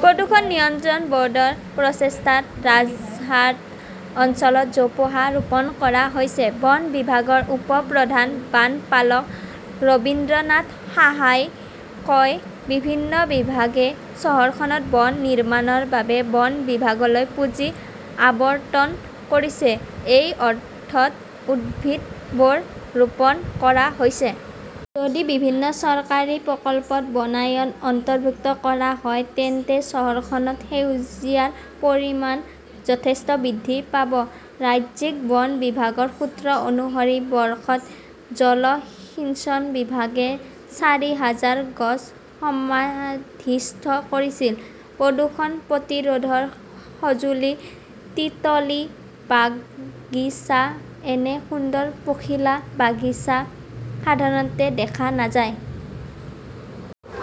প্ৰদূষণ নিয়ন্ত্ৰণ বৰ্ডৰ প্ৰচেষ্টাত ৰাজাৰহাট অঞ্চলত জোপোহা ৰোপণ কৰা হৈছে। বন বিভাগৰ উপ-প্ৰধান বনপালক ৰবীন্দ্ৰনাথ সাহাই কয়, বিভিন্ন বিভাগে চহৰখনত বন নিৰ্মাণৰ বাবে বন বিভাগলৈ পুঁজি আবণ্টন কৰিছে। সেই অৰ্থত উদ্ভিদবোৰ ৰোপণ কৰা হৈছে। যদি বিভিন্ন চৰকাৰী প্ৰকল্পত বনায়ন অন্তৰ্ভুক্ত কৰা হয়, তেন্তে চহৰখনত সেউজীয়াৰ পৰিমাণ যথেষ্ট বৃদ্ধি পাব। ৰাজ্যিক বন বিভাগৰ সূত্ৰ অনুসৰি, বৰ্ষত জলসিঞ্চন বিভাগে চাৰি হাজাৰ গছ সমাধিস্থ কৰিছিল। প্ৰদূষণ প্ৰতিৰোধৰ সঁজুলি 'তিতলী বাগিচা এনে সুন্দৰ পখিলা বাগিচা সাধাৰণতে দেখা নাযায়।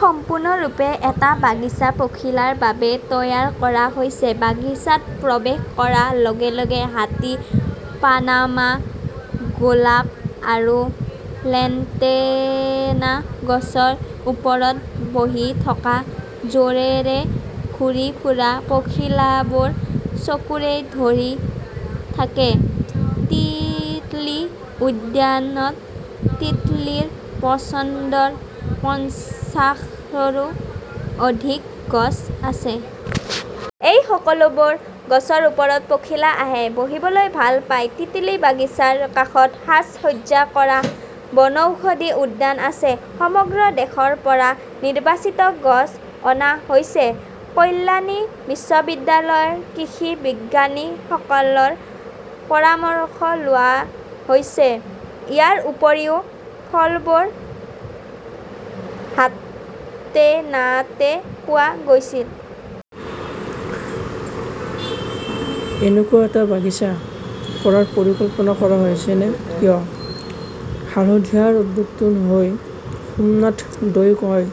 সম্পূৰ্ণৰূপে এটা বাগিচা পখিলাৰ বাবে তৈয়াৰ কৰা হৈছে। বাগিচাত প্ৰৱেশ কৰাৰ লগে লগে হাতী, পানামা গোলাপ আৰু লেণ্টেনা গছৰ ওপৰত বহি থকা জোৰেৰে ঘূৰি ফুৰা পখিলাবোৰ চকুৰে ধৰি থাকে। তিতলী উদ্যানত তিতলীৰ পচন্দৰ পঞ্চাশৰো অধিক গছ আছে। এই সকলোবোৰ গছৰ ওপৰত পখিলা আহে, বহিবলৈ ভাল পায়। তিতিলি বাগিচাৰ কাষত সাজ-সজ্জা কৰা বনৌষধি উদ্যান আছে। সমগ্ৰ দেশৰ পৰা নিৰ্বাচিত গছ অনা হৈছে। কল্যাণী বিশ্ববিদ্যালয়ৰ কৃষি বিজ্ঞানীসকলৰ পৰামৰ্শ লোৱা হৈছে। ইয়াৰ উপৰিও ফলবোৰ হাতেনাতে পোৱা গৈছিল। এনেকুৱা এটা বাগিচা কৰাৰ পৰিকল্পনা কৰা হৈছে নে কিয়? হালদিয়াৰ উদ্যোগটোৰ হৈ সোমনাথ দত্তই কয়,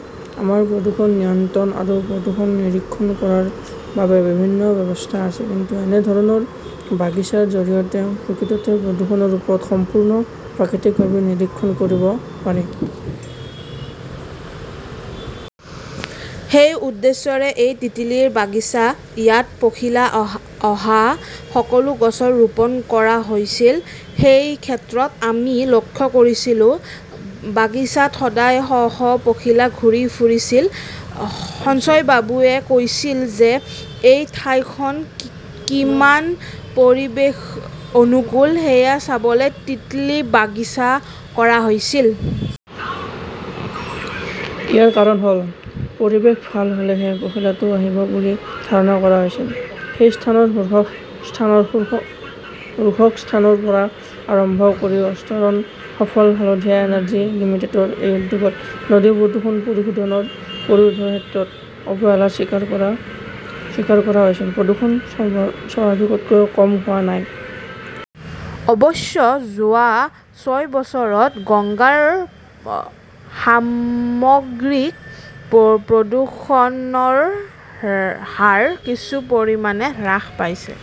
আমাৰ প্ৰদূষণ নিয়ন্ত্ৰণ আৰু প্ৰদূষণ নিৰীক্ষণ কৰাৰ বাবে বিভিন্ন ব্যৱস্থা আছে। কিন্তু এনে ধৰণৰ বাগিচাৰ জৰিয়তে প্ৰকৃততে প্ৰদূষণৰ ওপৰত সম্পূৰ্ণ প্ৰাকৃতিকভাৱে নিৰীক্ষণ কৰিব পাৰি। সেই উদ্দেশ্যৰে এই তিতলীৰ বাগিচা। ইয়াত পখিলা অহা সকলো গছ ৰোপণ কৰা হৈছিল। সেই ক্ষেত্ৰত আমি লক্ষ্য কৰিছিলো, বাগিচাত সদায় শ শ পখিলা ঘূৰি ফুৰিছিল। সঞ্জয় বাবুৱে কৈছিল যে এই ঠাইখন কিমান পৰিৱেশ অনুকূল সেয়া চাবলৈ তিতলী বাগিচা কৰা হৈছিল। ইয়াৰ কাৰণ হল পৰিৱেশ ভাল হলেহে পখিলাটো আহিব বুলি ধাৰণা কৰা হৈছিল। সেই স্থানত ষোড়শ স্থানৰ পৰা আৰম্ভ কৰি অষ্টৰাণ সফল হালদিয়া এনাৰ্জি লিমিটেডৰ এই উদ্যোগ। নদী প্ৰদূষণ প্ৰতিৰোধৰ ক্ষেত্ৰত অৱহেলা স্বীকাৰ কৰা হৈছে প্ৰদূষণ স্বাভাৱিকতকৈ কম হোৱা নাই। অৱশ্যে, যোৱা ছয় বছৰত গংগাৰ সামগ্ৰিক প্ৰদূষণৰ হাৰ কিছু পৰিমাণে হ্ৰাস পাইছে।